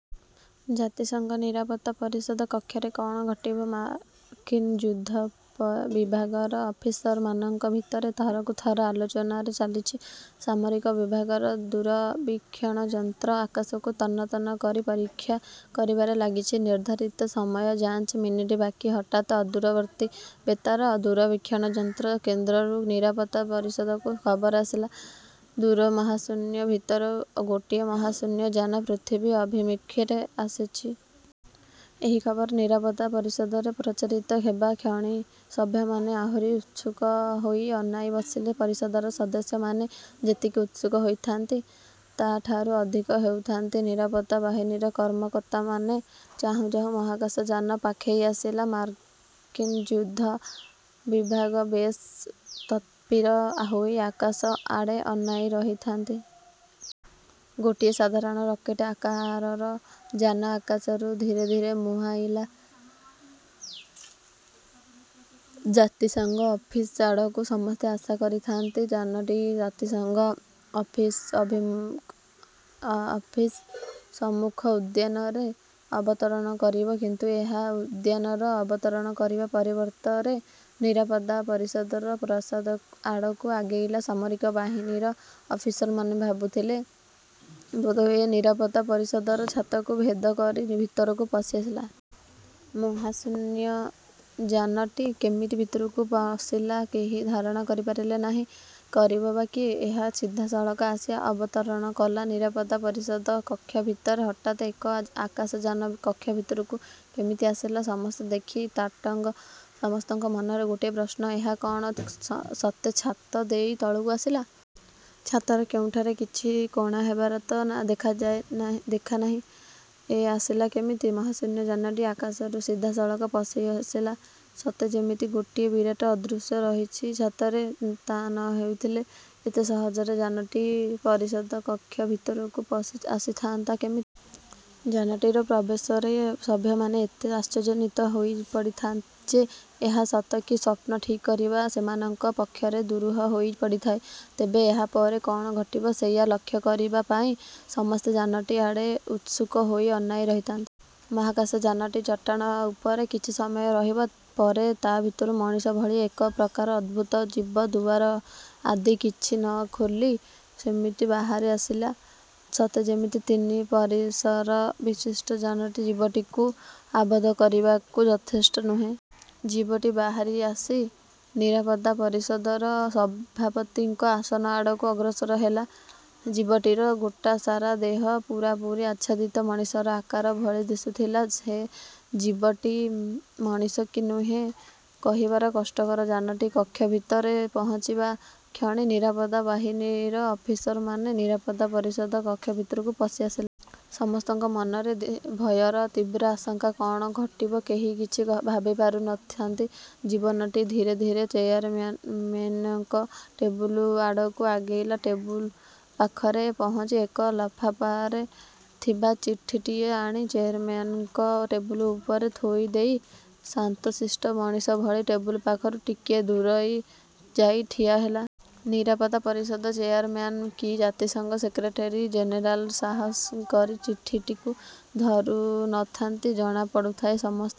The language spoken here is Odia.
ଜାତିସଙ୍ଘ ନିରାପତ୍ତା ପରିଷଦ କକ୍ଷରେ କ'ଣ ଘଟିବ ମାର୍କିନ୍ ଯୁଦ୍ଧବିଭାଗର ଅଫିସରମାନଙ୍କ ଭିତରେ ଥରକୁ ଥର ଆଲୋଚନାରେ ଚାଲିଛି-। ସାମରିକ ବିଭାଗର ଦୂରବୀକ୍ଷଣ ଯନ୍ତ୍ର ଆକାଶକୁ ତନ୍ନ ତନ୍ନ କରି ପରୀକ୍ଷା କରିବାରେ ଲାଗିଛି-। ନିର୍ଦ୍ଧାରିତ ସମୟ ପାଞ୍ଚ ମିନିଟ୍ ବାକି। ହଠାତ୍ ଅଦୂରବର୍ତ୍ତୀ ବେତାର ଦୂରବୀକ୍ଷଣ ଯନ୍ତ୍ର କେନ୍ଦ୍ରରୁ ନିରାପତ୍ତା ପରିଷଦକୁ ଖବର ଆସିଲା, ଦୂର ମହାଶୂନ୍ୟ ଭିତରୁ ଗୋଟିଏ ମହାଶୂନ୍ୟଯାନ ପୃଥିବୀ ଅଭିମୁଖରେ ଆସୁଛି। ଏହି ଖବର ନିରାପତ୍ତା ପରିଷଦରେ ପ୍ରଚାରିତ ହେବାକ୍ଷଣି ସଭ୍ୟମାନେ ଆହୁରି ଉତ୍ସୁକ ହୋଇ ଅନାଇ ବସିଲେ। ପରିଷଦର ସଦସ୍ୟମାନେ ଯେତିକି ଉତ୍ସୁକ ହେଉଥାନ୍ତି, ତାଠାରୁ ଅଧିକ ହେଉଥାନ୍ତି ନିରାପତ୍ତା ବାହିନୀର କର୍ମକର୍ତ୍ତାମାନେ ଚାହୁଁ ଚାହୁଁ ମହାକାଶଯାନ ପାଖେଇ ଆସିଲା। ମାର୍କିନ୍ ଯୁଦ୍ଧବିଭାଗ ବେଶ୍ ତତ୍ପର ହୋଇ ଆକାଶ ଆଡ଼େ ଅନାଇ ରହିଥାନ୍ତି। ଗୋଟିଏ ସାଧାରଣ ରକେଟ୍ ଆକାରର ଯାନ ଆକାଶରୁ ଧୀରେ ଧୀରେ ମୁହାଁଇଲା ଜାତିସଂଘ ଅଫିସ୍ ଆଡ଼କୁ ସମସ୍ତେ ଆଶା କରିଥାଆନ୍ତି ଯାନଟି ଜାତିସଂଘ ଅଫିସ୍ ସମ୍ମୁଖ ଉଦ୍ୟାନରେ ଅବତରଣ କରିବ। କିନ୍ତୁ ଏହା ଉଦ୍ୟାନରେ ଅବତରଣ କରିବା ପରିବର୍ତ୍ତରେ ନିରାପତ୍ତା ପରିଷଦର ପ୍ରାସାଦ ଆଡ଼କୁ ଆଗେଇଲା ସାମରିକ ବାହିନୀର ଅଫିସରମାନେ ଭାବୁଥିଲେ ବୋଧହୁଏ ନିରାପତ୍ତା ପରିଷଦର ଛାତକୁ ଭେଦ କରି ଭିତରକୁ ପଶି ଆସିଲା। ମହାଶୂନ୍ୟ ଯାନଟି କେମିତି ଭିତରକୁ ପଶିଲା, କେହି ଧାରଣା କରିପାରିଲେ ନାହିଁ। କରିବ ବା କିଏ? ଏହା ସିଧା ସଳଖ ଆସି ଅବତରଣ କଲା ନିରାପତ୍ତା ପରିଷଦ କକ୍ଷ ଭିତରେ ହଠାତ ଏକ ଆକାଶଯାନ କକ୍ଷ ଭିତରକୁ କେମିତି ଆସିଲା ସମସ୍ତେ ଦେଖି ତାଟଙ୍ଗ ସମସ୍ତଙ୍କ ମନରେ ଗୋଟିଏ ପ୍ରଶ୍ନ, ଏହା କଣ ସତେ ଛାତ ଦେଇ ତଳକୁ ଆସିଲା? ଛାତର କେଉଁଠାରେ କିଛି କଣା ହେବାର ତ ଦେଖାନାହିଁ। ଏ ଆସିଲା କେମିତି? ମହାଶୂନ୍ୟ ଯାନଟି ଆକାଶରୁ ସିଧାସଳଖ ପଶିଆସିଲା ସତେ ଯେମିତି ଗୋଟିଏ ବିରାଟ ଅଦୃଶ୍ୟ ରହିଛି ଛାତରେ। ତା ନ ହୋଇଥିଲେ ଏତେ ସହଜରେ ଯାନଟି ପରିଷଦ କକ୍ଷ ଭିତରକୁ ପଶି ଅସିଥାନ୍ତା କେମିତି? ଯାନଟିର ପ୍ରବେଶରେ ସଭ୍ୟମାନେ ଏତେ ଆଶ୍ଚର୍ଯ୍ୟାନିତ ହୋଇ ପଡ଼ିଥାନ୍ତି ଯେ ଏହା ସତ କି ସ୍ୱପ୍ନ ଠିକ୍ କରିବା ସେମାନଙ୍କ ପକ୍ଷରେ ଦୁରୂହ ହୋଇ ପଡ଼ିଥାଏ। ତେବେ ଏହା ପରେ କଣ ଘଟିବ, ସେଇଆ ଲକ୍ଷ୍ୟ କରିବା ପାଇଁ। ସମସ୍ତେ ଯାନଟି ଆଡ଼େ ଉତ୍ସୁକ ହୋଇ ଅନାଇ ରହିଥାନ୍ତି। ମହାକାଶ ଯାନଟି ଚଟାଣ ଉପରେ କିଛି ସମୟ ରହିବ ପରେ ତା ଭିତରୁ ମଣିଷ ଭଳି ଏକ ପ୍ରକାର ଅଦ୍ଭୁତ ଜୀବ ଦୁଆର ଆଦି କିଛି ନ ଖୋଲି ସେମିତି ବାହାରି ଆସିଲା। ସତେ ଯେମିତି ତିନି ପରିସର ବିଶିଷ୍ଟ ଯାନଟି ଜୀବଟିକୁ ଆବଦ୍ଧ କରିବାକୁ ଯଥେଷ୍ଟ ନୁହେଁ। ଜୀବଟି ବାହାରି ଆସି ନିରାପତ୍ତା ପରିଷଦର ସଭାପତିଙ୍କ ଆସନ ଆଡ଼କୁ ଅଗ୍ରସର ହେଲା। ଜୀବଟିର ଗୋଟା ସାରା ଦେହ ପୂରାପୂରି ଆଚ୍ଛାଦିତ। ମଣିଷର ଆକାର ଭଳି ଦିଶୁଥିଲେ ହେଁ ଜୀବଟି ମଣିଷ କି ନୁହେଁ କହିବା କଷ୍ଟକର। ଯାନଟି କକ୍ଷ ଭିତରେ ପହଞ୍ଚିବା କ୍ଷଣି ନିରାପତ୍ତା ବାହିନୀର ଅଫିସରମାନେ ନିରାପତ୍ତା ପରିଷଦ କକ୍ଷ ଭିତରକୁ ପଶି ଆଶିଲେ। ସମସ୍ତଙ୍କ ମନରେ ଭୟର ତୀବ୍ର ଆଶଙ୍କା। କଣ ଘଟିବ, କେହି କିଛି ଭାବିପାରୁ ନ ଥାନ୍ତି। ଜୀବଟି ଧୀରେ ଧୀରେ ଚେୟାରମେନଙ୍କ ଟେବୁଲ ଆଡ଼କୁ ଆଗେଇଲା ଟେବୁଲ ପାଖରେ ପହଞ୍ଚି ଏକ ଲଫାଫରେ ଥିବା ଚିଠିଟିଏ ଆଣି ଚେୟାରମ୍ୟାନଙ୍କ ଟେବୁଲ ଉପରେ ଥୋଇଦେଇ ଶାନ୍ତଶିଷ୍ଟ ମଣିଷ ଭଳି ଟେବୁଲ ପାଖରୁ ଟିକିଏ ଦୂରେଇ ଯାଇ ଠିଆହେଲା। ନିରାପତ୍ତା ପରିଷଦର ଚେୟାରମ୍ୟାନ କି ଜାତିସଂଘ ସେକ୍ରେଟେରୀ ଜେନେରାଲ ସାହସ କରି ଚିଠିଟିକୁ ଧରୁ ନ ଥାନ୍ତି। ଜଣା ପଡ଼ୁଥାଏ ସମସ୍ତେ